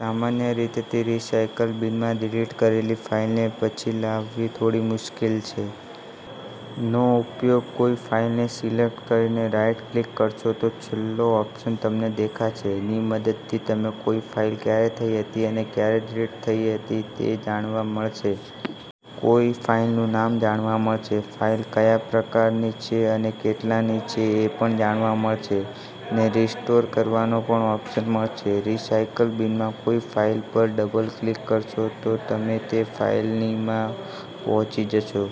સામાન્ય રીતથી recycle બિનમાં delete કરેલી ફાઇલને પછી લાવવી થોડી મુશ્કેલ છે. નો ઉપયોગ કોઈ ફાઇલને સિલેક્ટ કરીને રાઇટ ક્લિક કરશો તો છેલ્લો ઓપ્શન તમને દેખાશે. ની મદદથી તમે કોઈ ફાઇલ ક્યારે થઈ હતી અને ક્યારે ડિલીટ થઈ હતી એ જાણવા મળશે. કોઈ ફાઇલનું નામ જાણવા મળશે. ફાઇલ કયા પ્રકારની છે અને કેટલા ની છે એ પણ જાણવા મળશે. ને રિસ્ટોર કરવાનો પણ ઓપ્શન મળશે. રીસાઇકલ બિનમાં કોઈ ફાઇલ પર ડબલ ક્લિક કરશો તો તમે તે ફાઇલની માં પહોચી જશો.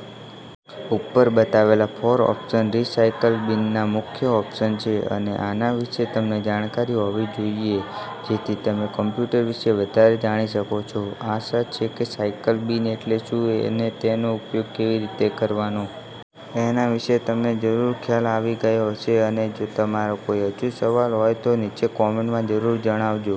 ઉપર બતાવેલા ફોર ઓપ્શન રીસાઇકલ બિનના મુખ્ય ઓપ્શન છે અને આના વિશે તમને જાણકારી હોવી જોઈએ જેથી તમે કમ્પ્યુટર વિશે વધારે જાણી શકો છો. આશા છે કે રીસાઇકલ બિન એટલે શું અને તેનો ઉપયોગ કેવી રીતે કરવાનો? એના વિશે તમને જરૂર ખ્યાલ આવી ગયો હશે અને જો તમારો કોઈ હજુ સવાલ હોય તો નીચે કોમેન્ટમાં જરૂર જણાવજો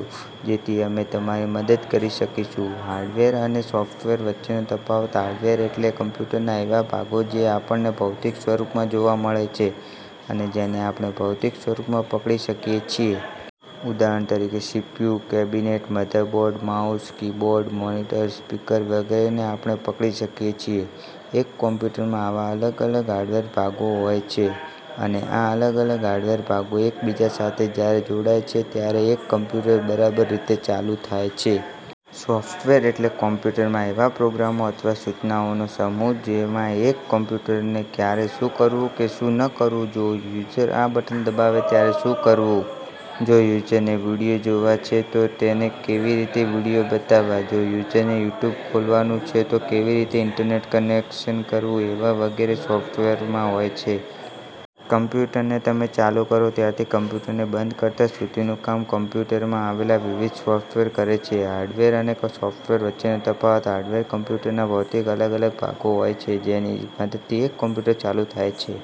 જેથી અમે તમારી મદદ કરી શકીશું. હાર્ડવેર અને સોફ્ટવેર વચ્ચેનો તફાવત. હાર્ડવેર એટલે કમ્પ્યુટરના એવા ભાગો જે આપણને ભૌતિક સ્વરૂપમાં જોવા મળે છે અને જેને આપણે ભૌતિક સ્વરૂપમાં પકડી શકીએ છીએ. ઉદાહરણ તરીકે CPU cabinet, motherboard, mouse, keyboard, monitor, speaker વગેરેને આપણે પકડી શકીએ છીએ. એક કમ્પ્યુટરમાં આવા અલગ-અલગ હાર્ડવેર ભાગો હોય છે અને આ અલગ-અલગ હાર્ડવેર ભાગો એક બીજા સાથે જ્યારે જોડાય છે ત્યારે એક કમ્પ્યુટર બરાબર રીતે ચાલુ થાય છે. સોફ્ટવેર એટલે કમ્પ્યુટરમાં એવા પ્રોગ્રામ અથવા સૂચનાઓનો સમૂહ જેમાં એક કમ્પ્યુટરને ક્યારે શું કરવું કે શું ન કરવું, જો યુઝર આ બટન દબાવે ત્યારે શું કરવું, જો યુઝરને વિડિયો જોવા છે તો તેને કેવી રીતે વિડિયો બતાવવા, જો યુઝરને યુટ્યુબ ખોલવું છે તો કેવી રીતે ઇન્ટરનેટ કનેક્શન કરવું એવા વગેરે સોફ્ટવેરમાં હોય છે. કમ્પ્યુટરને તમે ચાલુ કરો ત્યારથી કમ્પ્યુટરને બંધ કરતાં સુધીનું કામ કમ્પ્યુટરમાં આવેલા વિવિધ સોફ્ટવેર કરે છે. હાર્ડવેર અને સોફ્ટવેર વચ્ચેનો તફાવત. હાર્ડવેર કમ્પ્યુટરના ભૌતિક અલગ-અલગ ભાગો હોય છે જેની મદદથી એક કમ્પ્યુટર ચાલુ થાય છે.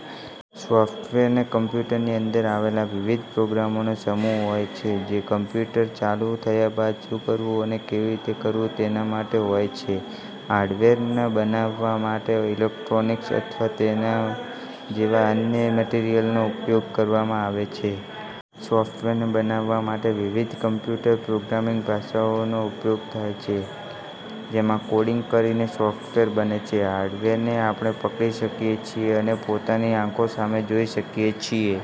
સોફ્ટવેર કમ્પ્યુટરની અંદર આવેલા વિવિધ પ્રોગ્રામોનો સમૂહ હોય છે જે કમ્પ્યુટર ચાલુ થયા બાદ શું કરવું અને કેવી રીતે કરવું તેના માટે હોય છે. હાર્ડવેરને બનાવવા માટે ઇલેક્ટ્રોનિક્સ અથવા તેના જેવા અન્ય મટિરિયલનો ઉપયોગ કરવામાં આવે છે. સોફ્ટવેરને બનાવવા માટે વિવિધ કમ્પ્યુટર પ્રોગ્રામિંગ ભાષાઓનો ઉપયોગ થાય છે જેમાં કોડિંગ કરીને સોફ્ટવેર બને છે. હાર્ડવેરને આપણે પકડી શકીએ છીએ અને પોતાની આંખો સામે જોઈ શકીએ છીએ.